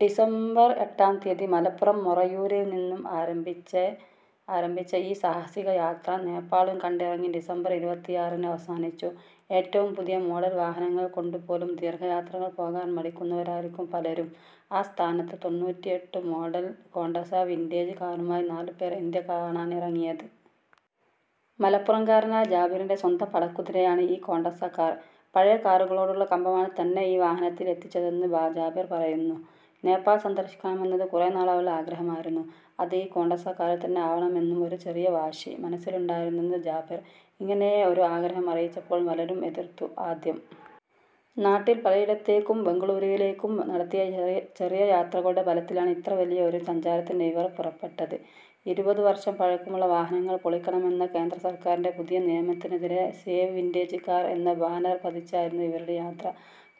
December എട്ടാം തീയതി മലപ്പുറം മൊറയൂരിൽനിന്ന് ആരംഭിച്ച ഈ സാഹസിക യാത്ര നേപ്പാളും കണ്ടിറങ്ങി ഡിസംബർ ഇരുപതിയാറിന് അവസാനിച്ചു. ഏറ്റവും പുതിയ മോഡൽ വാഹനങ്ങൾ കൊണ്ടുപോലും ദീർഘയാത്രകൾ പോകാൻ മടിക്കുന്നവരായിരിക്കും പലരും. ആ സ്ഥാനത്താണ് തൊന്നൂറ്റിഎട്ടു മോഡൽ കോണ്ടസ വിന്റേജ് കാറുമായി നാലുപേർ ഇന്ത്യ കാണാനിറങ്ങിയത്. മലപ്പുറംകാരനായ ജാബിറിന്റെ സ്വന്തം പടക്കുതിരയാണ് ഈ കോണ്ടസ കാർ. പഴയ കാറുകളോടുള്ള കമ്പമാണ് തന്നെ ഈ വാഹനത്തിൽ എത്തിച്ചതെന്ന് ജാബിർ പറയുന്നു. നേപ്പാൾ സന്ദർശിക്കണമെന്നത് കുറേനാളായുള്ള ആഗ്രഹമായിരുന്നു. അത് ഈ കോണ്ടസ കാറിൽത്തന്നെ ആവണം എന്നും ഒരു ചെറിയ വാശി മനസ്സിലുണ്ടായിരുന്നെന്ന് ജാബിർ. ഇങ്ങനെ ഒരു ആഗ്രഹം അറിയിച്ചപ്പോൾ പലരും എതിർത്തു ആദ്യം. നാട്ടിൽ പലയിടത്തേക്കും ബെംഗളൂരുവിലേക്കും നടത്തിയ ചെറിയ യാത്രകളുടെ ബലത്തിലാണ് ഇത്ര വലിയ ഒരു സഞ്ചാരത്തിന് ഇവർ പുറപ്പെട്ടത്. ഇരുപത് വർഷം പഴക്കമുള്ള വാഹനങ്ങൾ പൊളിക്കണമെന്ന കേന്ദ്ര സർക്കാരിന്റെ പുതിയ നയത്തിനെതിരെ സേവ് വിന്റേജ് കാർ എന്ന ബാനർ പതിച്ചായിരുന്നു ഇവരുടെ യാത്ര.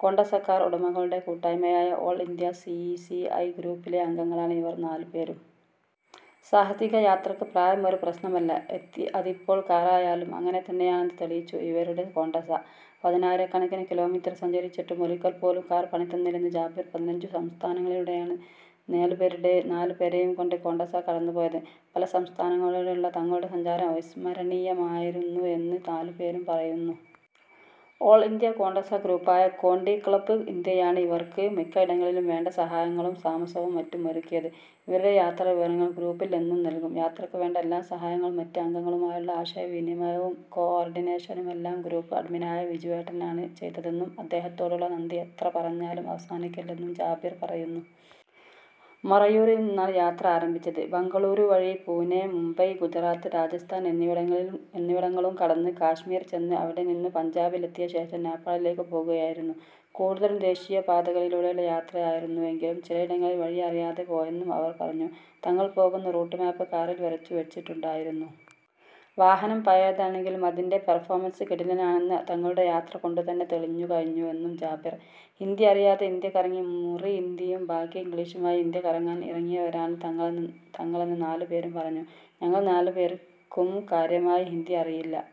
കോണ്ടസ കാർ ഉടമകളുടെ കൂട്ടായ്മയായ all India C C I ഗ്രൂപ്പിലെ അംഗങ്ങളാണ് ഇവർ നാലുപേരും. സാഹസിക യാത്രയ്ക്ക് പ്രായം ഒരു പ്രശ്നമല്ല. അതിപ്പോൾ കാറായാലും അങ്ങനെ തന്നെയാണെന്ന് തെളിയിച്ചു ഇവരുടെ കോണ്ടസ. പതിനായിരക്കണക്കിന് കിലോമീറ്റർ സഞ്ചരിച്ചിട്ടും ഒരിക്കൽ പോലും കാർ പണി തന്നില്ലെന്ന് ജാബിർ. പതിനഞ്ചു സംസ്ഥാനങ്ങളിലൂടെയാണ് നാലുപേരെയും കൊണ്ട് കോണ്ടസ കടന്നു പോയത്. പല സംസ്ഥാനങ്ങളിലൂടെയുള്ള തങ്ങളുടെ സഞ്ചാരം അവിസ്മരണീയമായിരുന്നു എന്ന് നാലുപേരും പറയുന്നു. ഓൾ ഇന്ത്യ കോണ്ടസ ഗ്രൂപ്പായ കോണ്ടി ക്ലബ് ഇന്ത്യയാണ് ഇവർക്ക് മിക്കയിടങ്ങളിലും വേണ്ട സഹായങ്ങളും താമസവും മറ്റും ഒരുക്കിയത്. ഇവരുടെ യാത്രാവിവരങ്ങൾ ഗ്രൂപ്പിൽ എന്നും നൽകും. യാത്രയ്ക്ക് വേണ്ട എല്ലാ സഹായങ്ങളും മറ്റ് അംഗങ്ങളുമായുള്ള ആശയവിനിമയവും കോഓർഡിനേഷനുമെല്ലാം ഗ്രൂപ്പ് അഡ്മിനായ വിജുവേട്ടനാണ് ചെയ്തതെന്നും അദ്ദേഹത്തോടുള്ള നന്ദി എത്ര പറഞ്ഞാലും അവസാനിക്കില്ലെന്നും ജാബിർ പറയുന്നു. മൊറയൂരിൽ നിന്നാണ് യാത്ര ആരംഭിച്ചത്. ബെംഗളൂരു വഴി പുണെ, മുംബൈ, ഗുജറാത്ത്, രാജസ്ഥാൻ എന്നിവിടങ്ങളും കടന്ന് കശ്മീരിൽ ചെന്ന് അവിടെനിന്നു പഞ്ചാബിൽ എത്തിയ ശേഷം നേപ്പാളിലേക്കു പോകുകയായിരുന്നു. കൂടുതലും ദേശീയ പാതകളിലൂടെയുള്ള യാത്രയായിരുന്നുവെങ്കിലും ചിലയിടങ്ങളിൽ വഴിയറിയാതെ പോയെന്നും അവർ പറഞ്ഞു. തങ്ങൾ പോകുന്ന റൂട്ട് മാപ്പ് കാറിൽ വരച്ചു വച്ചിട്ടുണ്ടായിരുന്നു. വാഹനം പഴയതാണെങ്കിലും അതിന്റെ പെർഫോമൻസ് കിടിലനാണെന്ന് തങ്ങളുടെ യാത്ര കൊണ്ടുതന്നെ തെളിഞ്ഞു കഴിഞ്ഞുവെന്നും ജാബിർ. ഹിന്ദി അറിയാതെ ഇന്ത്യ കറങ്ങി മുറി ഹിന്ദിയും ബാക്കി ഇംഗ്ലിഷുമായി ഇന്ത്യ കറങ്ങാൻ ഇറങ്ങിയവരാണ് തങ്ങളെന്ന് നാലുപേരും പറഞ്ഞു. '' ഞങ്ങൾ നാലു പേർക്കും കാര്യമായി ഹിന്ദി അറിയില്ല.